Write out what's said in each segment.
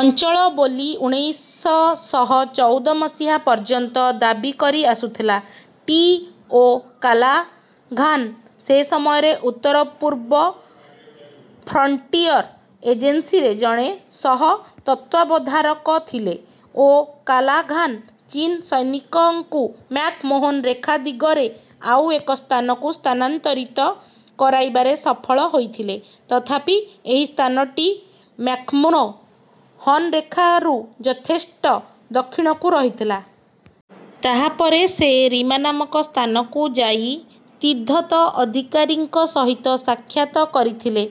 ଅଞ୍ଚଳ ବୋଲି ଉଣେଇଶ ଶହ ଚଉଦ ମସିହା ପର୍ଯ୍ୟନ୍ତ ଦାବି କରି ଆସୁଥିଲା। ଟି. ଓ କାଲାଘାନ୍ ସେ ସମୟରେ ଉତ୍ତର-ପୂର୍ବ ଫ୍ରଣ୍ଟିୟର୍ ଏଜେନ୍ସିରେ ଜଣେ ସହ-ତତ୍ତ୍ୱାବଧାରକ ଥିଲେ। ଓ କାଲାଘାନ୍ ଚୀନ୍ ସୈନିକଙ୍କୁ ମ୍ୟାକ୍-ମୋହନ ରେଖା ଦିଗରେ ଆଉ ଏକ ସ୍ଥାନକୁ ସ୍ଥାନାନ୍ତରିତ କରାଇବାରେ ସଫଳ ହୋଇଥିଲେ ତଥାପି ଏହି ସ୍ଥାନଟି ମ୍ୟାକ୍ମୋ ହନ ରେଖାରୁ ଯଥେଷ୍ଟ ଦକ୍ଷିଣକୁ ରହିଥିଲା। ତାହାପରେ ସେ ରିମା ନାମକ ସ୍ଥାନକୁ ଯାଇ ତିବ୍ଦତ ଅଧିକାରୀଙ୍କ ସହିତ ସାକ୍ଷାତ କରିଥିଲେ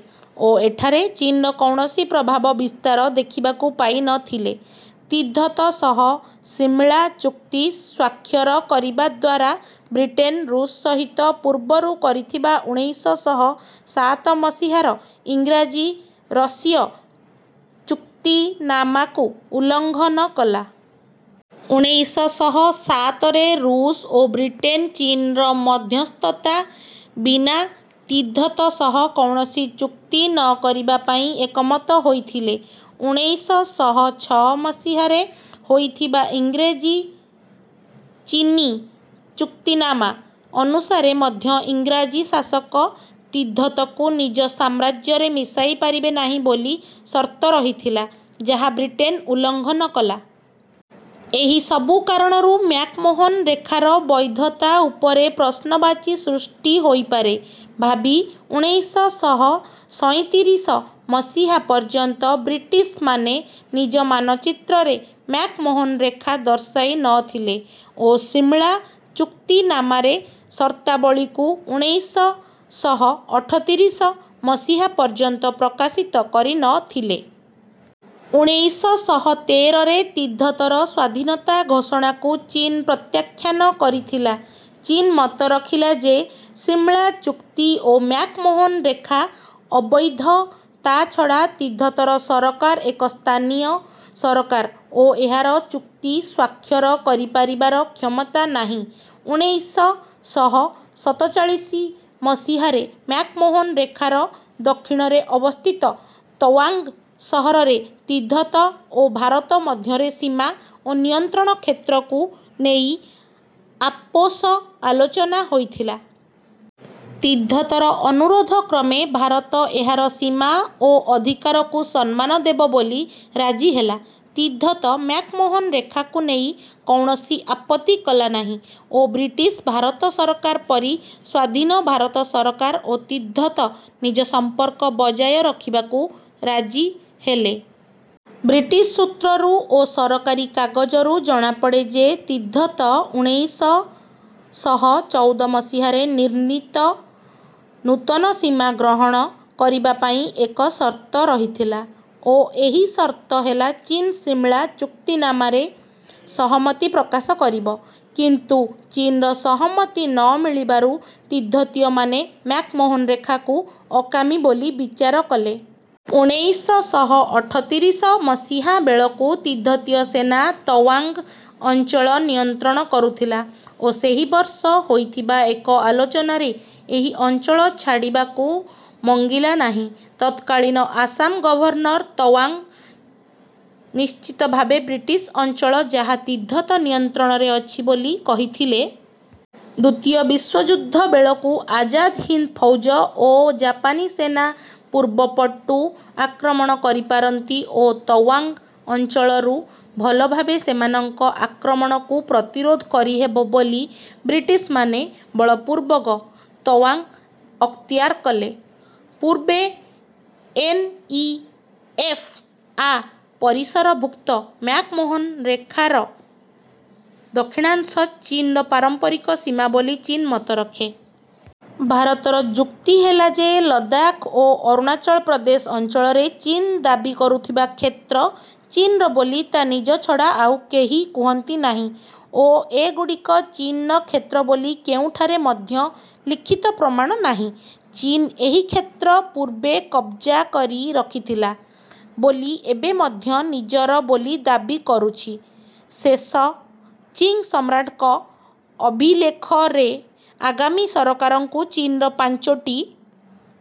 ଓ ଏଠାରେ ଚୀନ୍‌ର କୌଣସି ପ୍ରଭାବ ବିସ୍ତାର ଦେଖିବାକୁ ପାଇ ନ ଥିଲେ। ତିବ୍ଦତ ସହ ସିମଳା ଚୁକ୍ତି ସ୍ୱାକ୍ଷର କରିବା ଦ୍ୱାରା ବ୍ରିଟେନ୍ ଋଷ୍ ସହିତ ପୂର୍ବରୁ କରିଥିବା ଉଣେଇଶ ଶହ ସାତ ମସିହାର ଇଂରାଜୀ-ଋଷୀୟ ଚୁକ୍ତିନାମାକୁ ଉଲ୍ଲଂଘନ କଲା। ଉଣେଇଶ ଶହ ସାତରେ ଋଷ୍ ଓ ବ୍ରିଟେନ୍ ଚୀନ୍‌ର ମଧ୍ୟସ୍ଥତା ବିନା ତିବ୍ଦତ ସହ କୌଣସି ଚୁକ୍ତି ନ କରିବା ପାଇଁ ଏକମତ ହୋଇଥିଲେ। ଉଣେଇଶ ଶହ ଛଅ ମସିହାରେ ହୋଇଥିବା ଇଂରାଜୀ-ଚୀନୀ ଚୁକ୍ତିନାମା ଅନୁସାରେ ମଧ୍ୟ ଇଂରାଜୀ ଶାସକ ତିବ୍ଦତକୁ ନିଜ ସାମ୍ରାଜ୍ୟରେ ମିଶାଇ ପାରିବେ ନାହିଁ ବୋଲି ସର୍ତ୍ତ ରହିଥିଲା ଯାହା ବ୍ରିଟେନ୍ ଉଲ୍ଲଂଘନ କଲା। ଏହି ସବୁ କାରଣରୁ ମ୍ୟାକ୍-ମୋହନ ରେଖାର ବୈଧତା ଉପରେ ପ୍ରଶ୍ନବାଚୀ ସୃଷ୍ଟି ହୋଇପାରେ ଭାବି ଉଣେଇଶ ଶହ ସଇଁତିରିଶ ମସିହା ପର୍ଯ୍ୟନ୍ତ ବ୍ରିଟିଶ୍‌ମାନେ ନିଜ ମାନଚିତ୍ରରେ ମ୍ୟାକ୍-ମୋହନ ରେଖା ଦର୍ଶାଇ ନ ଥିଲେ ଓ ସିମଳା ଚୁକ୍ତିନାମାର ସର୍ତ୍ତାବଳୀକୁ ଉଣେଇଶ ଶହ ଅଠତିରିଶ ମସିହା ପର୍ଯ୍ୟନ୍ତ ପ୍ରକାଶିତ କରି ନ ଥିଲେ। ଉଣେଇଶ ଶହ ତେରରେ ତିବ୍ଦତର ସ୍ୱାଧୀନତା ଘୋଷଣାକୁ ଚୀନ୍ ପ୍ରତ୍ୟାଖ୍ୟାନ କରିଥିଲା। ଚୀନ୍ ମତ ରଖିଲା ଯେ ସିମଳା ଚୁକ୍ତି ଓ ମ୍ୟାକ୍-ମୋହନ ରେଖା ଅବୈଧ, ତା’ଛଡ଼ା ତିବ୍ଦତର ସରକାର ଏକ ସ୍ଥାନୀୟ ସରକାର ଓ ଏହାର ଚୁକ୍ତି ସ୍ୱାକ୍ଷର କରିପାରିବାର କ୍ଷମତା ନାହିଁ। ଉଣେଇଶ ଶହ ସତଚାଳିଶ ମସିହାରେ ମ୍ୟାକ୍-ମୋହନ ରେଖାର ଦକ୍ଷିଣରେ ଅବସ୍ଥିତ ତୱାଙ୍ଗ୍ ସହରରେ ତିବ୍ଦତ ଓ ଭାରତ ମଧ୍ୟରେ ସୀମା ଓ ନିୟନ୍ତ୍ରଣ କ୍ଷେତ୍ରକୁ ନେଇ ଆପୋଷ ଆଲୋଚନା ହୋଇଥିଲା। ତିବ୍ଦତର ଅନୁରୋଧ କ୍ରମେ ଭାରତ ଏହାର ସୀମା ଓ ଅଧିକାରକୁ ସମ୍ମାନ ଦେବ ବୋଲି ରାଜି ହେଲା, ତିବ୍ଦତ ମ୍ୟାକ୍-ମୋହନ ରେଖାକୁ ନେଇ କୌଣସି ଆପତ୍ତି କଲା ନାହିଁ ଓ ବ୍ରିଟିଶ୍-ଭାରତ ସରକାର ପରି ସ୍ୱାଧୀନ ଭାରତ ସରକାର ଓ ତିବ୍ଦତ ନିଜ ସମ୍ପର୍କ ବଜାୟ ରଖିବାକୁ ରାଜି ହେଲେ। ବ୍ରିଟିଶ୍ ସୂତ୍ରରୁ ଓ ସରକାରୀ କାଗଜରୁ ଜଣାପଡ଼େ ଯେ ତିବ୍ଦତ ଉଣେଇଶ ଶହ ଚଉଦ ମସିହାରେ ନିର୍ଣ୍ଣୀତ ନୂତନ ସୀମା ଗ୍ରହଣ କରିବା ପାଇଁ ଏକ ସର୍ତ୍ତ ରହିଥିଲା ଓ ଏହି ସର୍ତ୍ତ ହେଲା ଚୀନ୍ ସିମଳା ଚୁକ୍ତିନାମାରେ ସହମତି ପ୍ରକାଶ କରିବ। କିନ୍ତୁ ଚୀନ୍‌ର ସହମତି ନ ମିଳିବାରୁ ତିବ୍ଦତୀୟମାନେ ମ୍ୟାକ୍-ମୋହନ ରେଖାକୁ ଅକାମୀ ବୋଲି ବିଚାର କଲେ। ଉଣେଇଶ ଶହ ଅଠତିରିଶ ମସିହା ବେଳକୁ ତିବ୍ଦତୀୟ ସେନା ତୱାଙ୍ଗ୍ ଅଞ୍ଚଳ ନିୟନ୍ତ୍ରଣ କରୁଥିଲା ଓ ସେହି ବର୍ଷ ହୋଇଥିବା ଏକ ଆଲୋଚନାରେ ଏହି ଅଞ୍ଚଳ ଛାଡ଼ିବାକୁ ମଙ୍ଗିଲା ନାହିଁ। ତତ୍କାଳୀନ ଆସାମ ଗଭର୍ଣ୍ଣର୍ ତୱାଙ୍ଗ୍ ନିଶ୍ଚିତ ଭାବେ ବ୍ରିଟିଶ୍ ଅଞ୍ଚଳ ଯାହା ତିବ୍ଦତ ନିୟନ୍ତ୍ରଣରେ ଅଛି ବୋଲି କହିଥିଲେ। ଦ୍ୱିତୀୟ ବିଶ୍ୱଯୁଦ୍ଧ ବେଳକୁ ଆଜାଦ୍ ହିନ୍ଦ୍ ଫୌଜ ଓ ଜାପାନୀ ସେନା ପୂର୍ବ ପଟୁ ଆକ୍ରମଣ କରିପାରନ୍ତି ଓ ତୱାଙ୍ଗ୍ ଅଞ୍ଚଳରୁ ଭଲ ଭାବେ ସେମାନଙ୍କ ଆକ୍ରମଣକୁ ପ୍ରତିରୋଧ କରିହେବ ବୋଲି ବ୍ରିଟିଶ୍‌ମାନେ ବଳପୂର୍ବକ ତୱାଙ୍ଗ୍ ଅକ୍ତିଆର କଲେ। ପୂର୍ବେ ଏନ ଇ ଏଫ୍ ଆ ପରିସରଭୁକ୍ତ ମ୍ୟାକ୍-ମୋହନ ରେଖାର ଦକ୍ଷିଣାଂଶ ଚୀନ୍‌ର ପାରମ୍ପରିକ ସୀମା ବୋଲି ଚୀନ୍ ମତ ରଖେ। ଭାରତର ଯୁକ୍ତି ହେଲା ଯେ ଲଦାଖ୍ ଓ ଅରୁଣାଚଳ ପ୍ରଦେଶ ଅଞ୍ଚଳରେ ଚୀନ୍ ଦାବି କରୁଥିବା କ୍ଷେତ୍ର ଚୀନ୍‌ର ବୋଲି ତା ନିଜ ଛଡ଼ା ଆଉ କେହି କୁହନ୍ତି ନାହିଁ ଓ ଏଗୁଡ଼ିକ ଚୀନ୍‌ର କ୍ଷେତ୍ର ବୋଲି କେଉଁଠାରେ ମଧ୍ୟ ଲିଖିତ ପ୍ରମାଣ ନାହିଁ। ଚୀନ୍ ଏହି କ୍ଷେତ୍ର ପୂର୍ବେ କବ୍‌ଜା କରି ରଖିଥିଲା ବୋଲି ଏବେ ମଧ୍ୟ ନିଜର ବୋଲି ଦାବି କରୁଛି। ଶେଷ ଚିଙ୍ଗ୍ ସମ୍ରାଟଙ୍କ ଅଭିଲେଖରେ ଆଗାମୀ ସରକାରଙ୍କୁ ଚୀନ୍‌ର ପାଞ୍ଚୋଟି